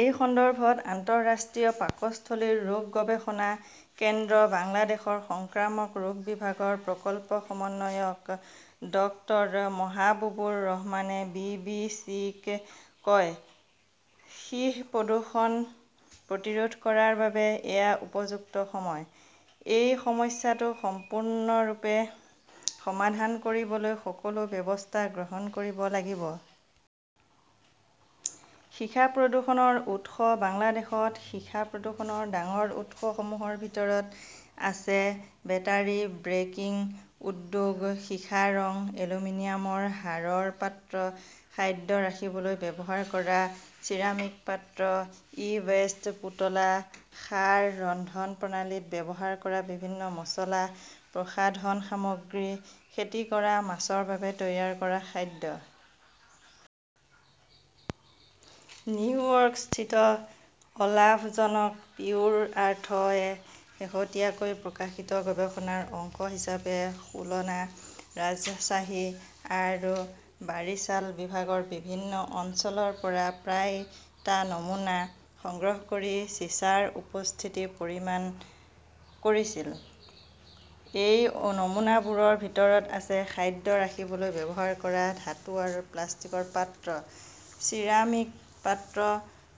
এই সন্দৰ্ভত আন্তঃৰাষ্ট্ৰীয় পাকস্থলীৰ ৰোগ গৱেষণা কেন্দ্ৰ বাংলাদেশৰ সংক্ৰামক ৰোগ বিভাগৰ প্ৰকল্প সমন্বয়ক ড মহাবুবুৰ ৰহমানে বি. বি. চি. -ক কয়, "সীহ প্ৰদূষণ প্ৰতিৰোধ কৰাৰ বাবে এয়া উপযুক্ত সময়। এই সমস্যাটো সম্পূৰ্ণৰূপে সমাধান কৰিবলৈ সকলো ব্যৱস্থা গ্ৰহণ কৰিব লাগিব। "সীসা প্ৰদূষণৰ উৎস বাংলাদেশত সীসা প্ৰদূষণৰ ডাঙৰ উৎসসমূহৰ ভিতৰত আছে বেটাৰী ব্ৰেকিং উদ্যোগ, সীসা ৰং, এলুমিনিয়ামৰ হাড়ৰ পাত্ৰ, খাদ্য ৰাখিবলৈ ব্যৱহাৰ কৰা চিৰামিক পাত্ৰ, ই-ৱেষ্ট, পুতলা, সাৰ, ৰন্ধন প্ৰণালীত ব্যৱহাৰ কৰা বিভিন্ন মছলা, প্ৰসাধন সামগ্ৰী, খেতি কৰা মাছৰ বাবে তৈয়াৰ কৰা খাদ্য। নিউয়ৰ্কস্থিত অলাভজনক "পিউৰ আৰ্থ"-এ শেহতীয়াকৈ প্ৰকাশিত গৱেষণাৰ অংশ হিচাপে খুলনা, ৰাজশ্বাহী আৰু বাৰিছাল বিভাগৰ বিভিন্ন অঞ্চলৰ পৰা প্ৰায় টা নমুনা সংগ্ৰহ কৰি চিছাৰ উপস্থিতি পৰিমাপ কৰিছিল। এই নমুনাবোৰৰ ভিতৰত আছে খাদ্য ৰাখিবলৈ ব্যৱহাৰ কৰা ধাতু আৰু প্লাষ্টিকৰ পাত্ৰ, চিৰামিক পাত্ৰ,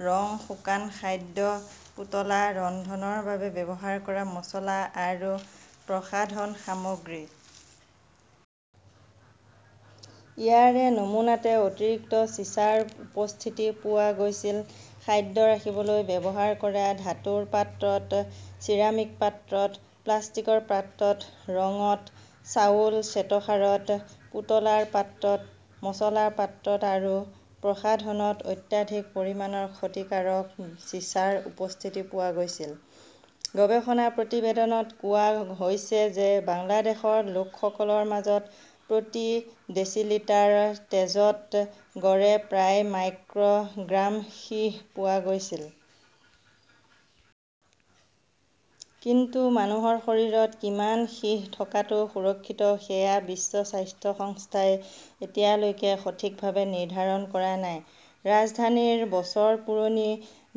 ৰং, শুকান খাদ্য, পুতলা, ৰন্ধনৰ বাবে ব্যৱহাৰ কৰা মচলা আৰু প্ৰসাধন সামগ্ৰী। ইয়াৰে নমুনাতে অতিৰিক্ত চিছাৰ উপস্থিতি পোৱা গৈছিল। খাদ্য ৰাখিবলৈ ব্যৱহাৰ কৰা ধাতুৰ পাত্ৰত, চিৰামিক পাত্ৰত, প্লাষ্টিকৰ পাত্ৰত, ৰঙত, চাউল/শ্বেতসাৰত, পুতলাৰ পাত্ৰত, মচলাৰ পাত্ৰত আৰু প্ৰসাধনত অত্যাধিক পৰিমাণৰ ক্ষতিকাৰক চিছাৰ উপস্থিতি পোৱা গৈছিল। গৱেষণা প্ৰতিবেদনত কোৱা হৈছে যে বাংলাদেশৰ লোকসকলৰ মাজত প্ৰতি ডেচিলিটাৰ তেজত গড়ে প্ৰায় মাইক্ৰ "গ্ৰাম সীহ পোৱা গৈছিল। কিন্তু মানুহৰ শৰীৰত কিমান সীহ থকাটো সুৰক্ষিত সেয়া বিশ্ব স্বাস্থ্য সংস্থাই এতিয়ালৈকে সঠিকভাৱে নিৰ্ধাৰণ কৰা নাই। ৰাজধানীৰ বছৰ পুৰণি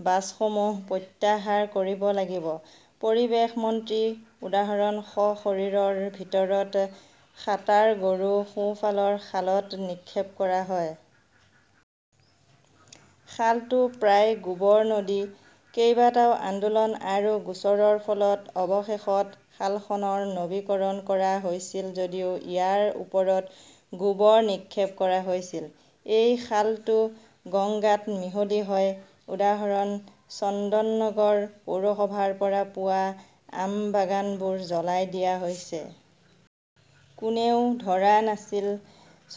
বাছসমূহ প্ৰত্যাহাৰ কৰিব লাগিবঃ পৰিৱেশ মন্ত্ৰী উদাহৰণ: শ শৰীৰৰ ভিতৰত খাটাৰ গৰু সোঁফালৰ খালত নিক্ষেপ কৰা হয়। খালটো প্ৰায় গোবৰ নদী। কেইবাটাও আন্দোলন আৰু গোচৰৰ ফলত অৱশেষত খালখনৰ নৱীকৰণ কৰা হৈছিল যদিও ইয়াৰ ওপৰত গোবৰ নিক্ষেপ কৰা হৈছিল। এই খালটো গঙ্গাত মিহলি হয়। উদাহৰণ: চন্দননগৰ পৌৰসভাৰ পৰা পোৱা আমবাগানবোৰ জ্বলাই দিয়া হৈছে। কোনেও ধৰা পৰা নাছিল।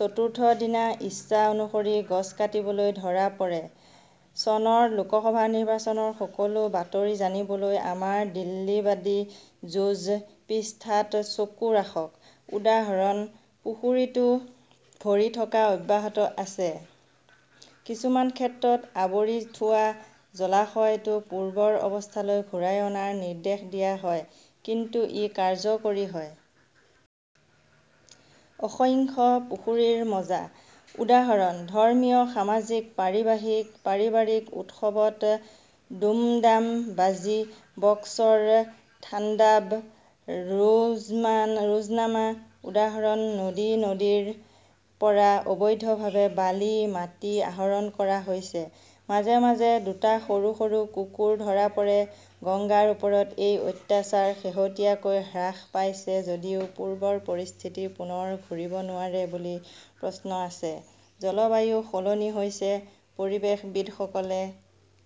চতুৰ্থ দিনা ইচ্ছা অনুসৰি গছ কাটিবলৈ ধৰা পৰে। চনৰ লোকসভা নিৰ্বাচনৰ সকলো বাতৰি জানিবলৈ আমাৰ 'দিল্লীবাদী যুঁজ "পৃষ্ঠাত চকু ৰাখক। উদাহৰণ: পুখুৰীটো ভৰি থকা অব্যাহত আছে। কিছুমান ক্ষেত্ৰত, আৱৰি থোৱা জলাশয়টো পূৰ্বৰ অৱস্থালৈ ঘূৰাই অনাৰ নিৰ্দেশ দিয়া হয়, কিন্তু ই কাৰ্যকৰী হয়! অসংখ্য পুখুৰীৰ মজা। উদাহৰণ: ধৰ্মীয়, সামাজিক, পাৰিবাৰিক উৎসৱত দুমদাম বাজি, বক্সৰ থান্ডাব ৰোজনামা! উদাহৰণ: নদী-নদীৰ পৰা অবৈধভাৱে বালি, মাটি আহৰণ কৰা হৈছে। মাজে মাজে দুটা সৰু সৰু কুকুৰ ধৰা পৰে। গংগাৰ ওপৰত এই অত্যাচাৰ শেহতীয়াকৈ হ্ৰাস পাইছে যদিও পূৰ্বৰ পৰিস্থিতি পুনৰ ঘূৰিব নোৱাৰে বুলি প্ৰশ্ন আছে। জলবায়ু সলনি হৈছে! পৰিৱেশবিদসকলে